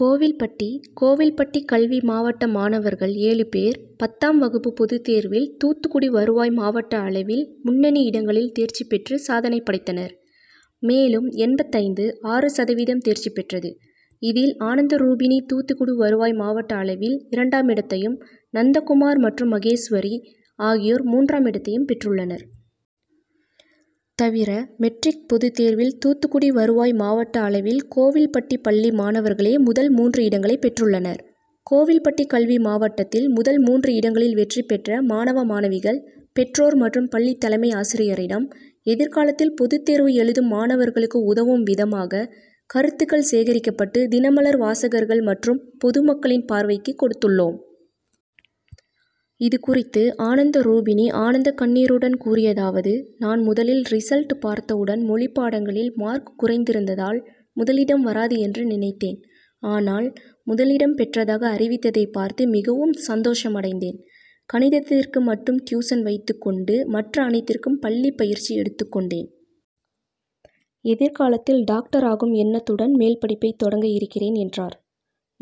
கோவில்பட்டி, கோவில்பட்டி கல்வி மாவட்ட மாணவர்கள் ஏழுபேர் பத்தாம் வகுப்பு பொதுத்தேர்வில் தூத்துக்குடி வருவாய் மாவட்ட அளவில் முன்னணி இடங்களில் தேர்ச்சி பெற்று சாதனை படைத்தனர். மேலும் எண்பத்தைந்து.ஆறு சதவீதம் தேர்ச்சி பெற்றது. இதில் ஆனந்தரூபிணி தூத்துக்குடி வருவாய் மாவட்ட அளவில் இரண்டாமிடத்தையும், நந்தகுமார் மற்றும் மகேஸ்வரி ஆகியோர் மூன்றாமிடத்தையும் பெற்றுள்ளனர். தவிர மெட்ரிக் பொதுத்தேர்வில் தூத்துக்குடி வருவாய் மாவட்ட அளவில் கோவில்பட்டி பள்ளி மாணவர்களே முதல் மூன்று இடங்களை பெற்றுள்ளனர். கோவில்பட்டி கல்வி மாவட்டத்தில் முதல் மூன்று இடங்களில் வெற்றி பெற்ற மாணவ மாணவிகள், பெற்றோர் மற்றும் பள்ளி தலைமை ஆசிரியரிடம் எதிர்காலத்தில் பொதுத்தேர்வு எழுதும் மாணவர்களுக்கு உதவும் விதமாக கருத்துக்கள் சேகரிக்கப்பட்டு தினமலர் வாசகர்கள் மற்றும் பொதுமக்களின் பார்வைக்கு கொடுத்துள்ளோம். இதுகுறித்து ஆனந்தரூபிணி ஆனந்தக்கண்ணீருடன் கூறியதாவது, நான் முதலில் ரிசல்ட் பார்த்தவுடன் மொழிப்பாடங்களில் மார்க் குறைந்திருந்ததால் முதலிடம் வராது என்று நினைத்தேன். ஆனால் முதலிடம் பெற்றதாக அறிவித்ததை பார்த்து மிகவும் சந்தோஷம் அடைந்தேன். கணிதத்திற்கு மட்டும் டியூசன் வைத்துக் கொண்டு மற்ற அனைத்திற்கும் பள்ளி பயிற்சி எடுத்துக் கொண்டேன். எதிர்காலத்தில் டாக்டர் ஆகும் எண்ணத்துடன் மேல்படிப்பை தொடங்க இருக்கிறேன் என்றார்.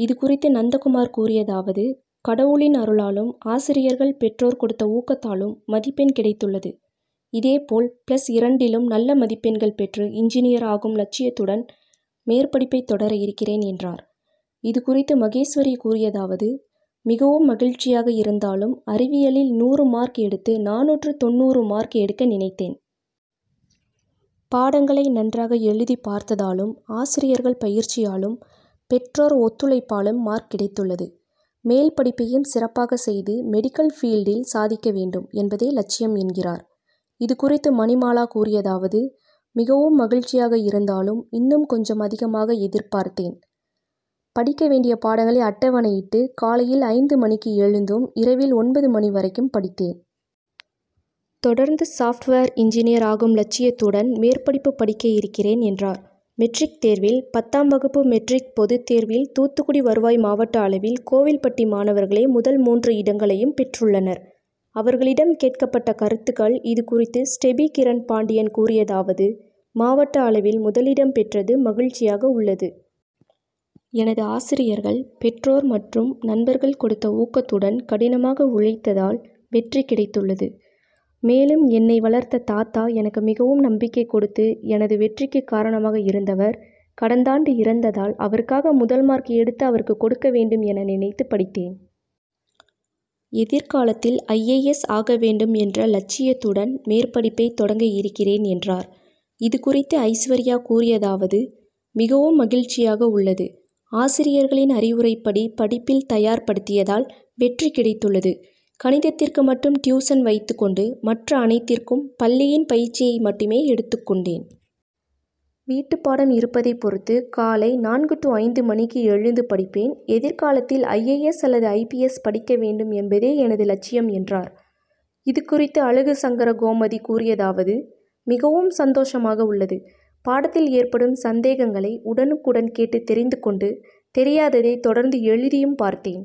இதுகுறித்து நந்தகுமார் கூறியதாவது, கடவுளின் அருளாளும், ஆசிரியர்கள், பெற்றோர் கொடுத்த ஊக்கத்தாலும் மதிப்பெண் கிடைத்துள்ளது. இதேபோல் பிளஸ் இரண்டிலும் நல்ல மதிப்பெண்கள் பெற்று இன்ஜினியர் ஆகும் லட்சியத்துடன் மேற்படிப்பை தொடர இருக்கிறேன் என்றார். இதுகுறித்து மகேஸ்வரி கூறியதாவது, மிகவும் மகிழ்ச்சியாக இருந்தாலும் அறிவியலில் நூறு மார்க் எடுத்து நானூற்று தொண்ணூறு மார்க் எடுக்க நினைத்தேன். பாடங்களை நன்றாக எழுதிப்பார்த்ததாலும், ஆசிரியர்கள் பயிற்சியாலும், பெற்றோர் ஒத்துழைப்பாலும் மார்க் கிடைத்துள்ளது. மேல்படிப்பையும் சிறப்பாக செய்து மெடிக்கல் பீல்டில் சாதிக்க வேண்டும் என்பதே லட்சியம் என்கிறார். இதுகுறித்து மணிமாலா கூறியதாவது, மிகவும் மகிழ்ச்சியாக இருந்தாலும், இன்னும் கொஞ்சம் அதிகமாக எதிர்பார்த்தேன். படிக்க வேண்டிய பாடங்களை அட்டவணையிட்டு காலையில் ஐந்து மணிக்கு எழுந்தும், இரவில் ஒன்பது மணி வரைக்கும் படித்தேன். தொடர்ந்து சாப்ட்வேர் இன்ஜினியர் ஆகும் லட்சியத்துடன் மேற்படிப்பு படிக்க இருக்கிறேன் என்றார். மெட்ரிக் தேர்வில் பத்தாம் வகுப்பு மெட்ரிக் பொதுத்தேர்வில் தூத்துக்குடி வருவாய் மாவட்ட அளவில் கோவில்பட்டி மாணவர்களே முதல் மூன்று இடங்களையும் பெற்றுள்ளனர். அவர்களிடம் கேட்கப்பட்ட கருத்துக்கள். இதுகுறித்து ஸ்டெபி கிரண் பாண்டியன் கூறியதாவது, மாவட்ட அளவில் முதலிடம் பெற்றது மகிழ்ச்சியாக உள்ளது. எனது ஆசிரியர்கள், பெற்றோர் மற்றும் நண்பர்கள் கொடுத்த ஊக்கத்துடன் கடினமாக உழைத்ததால் வெற்றி கிடைத்துள்ளது. மேலும் என்னை வளர்த்த தாத்தா எனக்கு மிகவும் நம்பிக்கை கொடுத்து எனது வெற்றிக்கு காரணமாக இருந்தவர் கடந்தாண்டு இறந்ததால், அவருக்காக முதல்மார்க் எடுத்து அவருக்கு கொடுக்க வேண்டும் என நினைத்து படித்தேன். எதிர்காலத்தில் ஐஏஎஸ் ஆக வேண்டும் என்ற லட்சியத்துடன் மேற்படிப்பை தொடங்க இருக்கிறேன் என்றார். இதுகுறித்து ஐஸ்வர்யா கூறியதாவது, மிகவும் மகிழ்ச்சியாக உள்ளது. ஆசிரியர்களின் அறிவுரைப்படி படிப்பில் தயார் படுத்தியதால் வெற்றி கிடைத்துள்ளது. கணிதத்திற்கு மட்டும் டியூசன் வைத்துக் கொண்டு மற்ற அனைத்திற்கும் பள்ளியின் பயிற்சியை மட்டுமே எடுத்துக் கொண்டேன். வீட்டுப்பாடம் இருப்பதை பொறுத்து காலை நான்கு டூ ஐந்து மணிக்கு எழுந்து படிப்பேன். எதிர்காலத்தில் ஐஏஎஸ் அல்லது ஐபிஎஸ் படிக்க வேண்டும் என்பதே எனது லட்சியம் என்றார். இதுகுறித்து அழகுசங்கரகோமதி கூறியதாவது, மிகவும் சந்தோஷமாக உள்ளது. பாடத்தில் ஏற்படும் சந்தேகங்களை உடனுக்குடன் கேட்டு தெரிந்து கொண்டு, தெரியாததை தொடர்ந்து எழுதியும் பார்த்தேன்.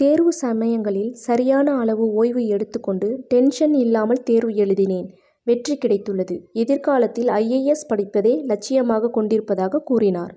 தேர்வு சமயங்களில் சரியான அளவு ஓய்வு எடுத்துக் கொண்டு டென்ஷன் இல்லாமல் தேர்வு எழுதினேன். வெற்றி கிடைத்துள்ளது. எதிர்காலத்தில் ஐஏஎஸ் படிப்பதே லட்சியமாக கொண்டிருப்பதாக கூறினார்.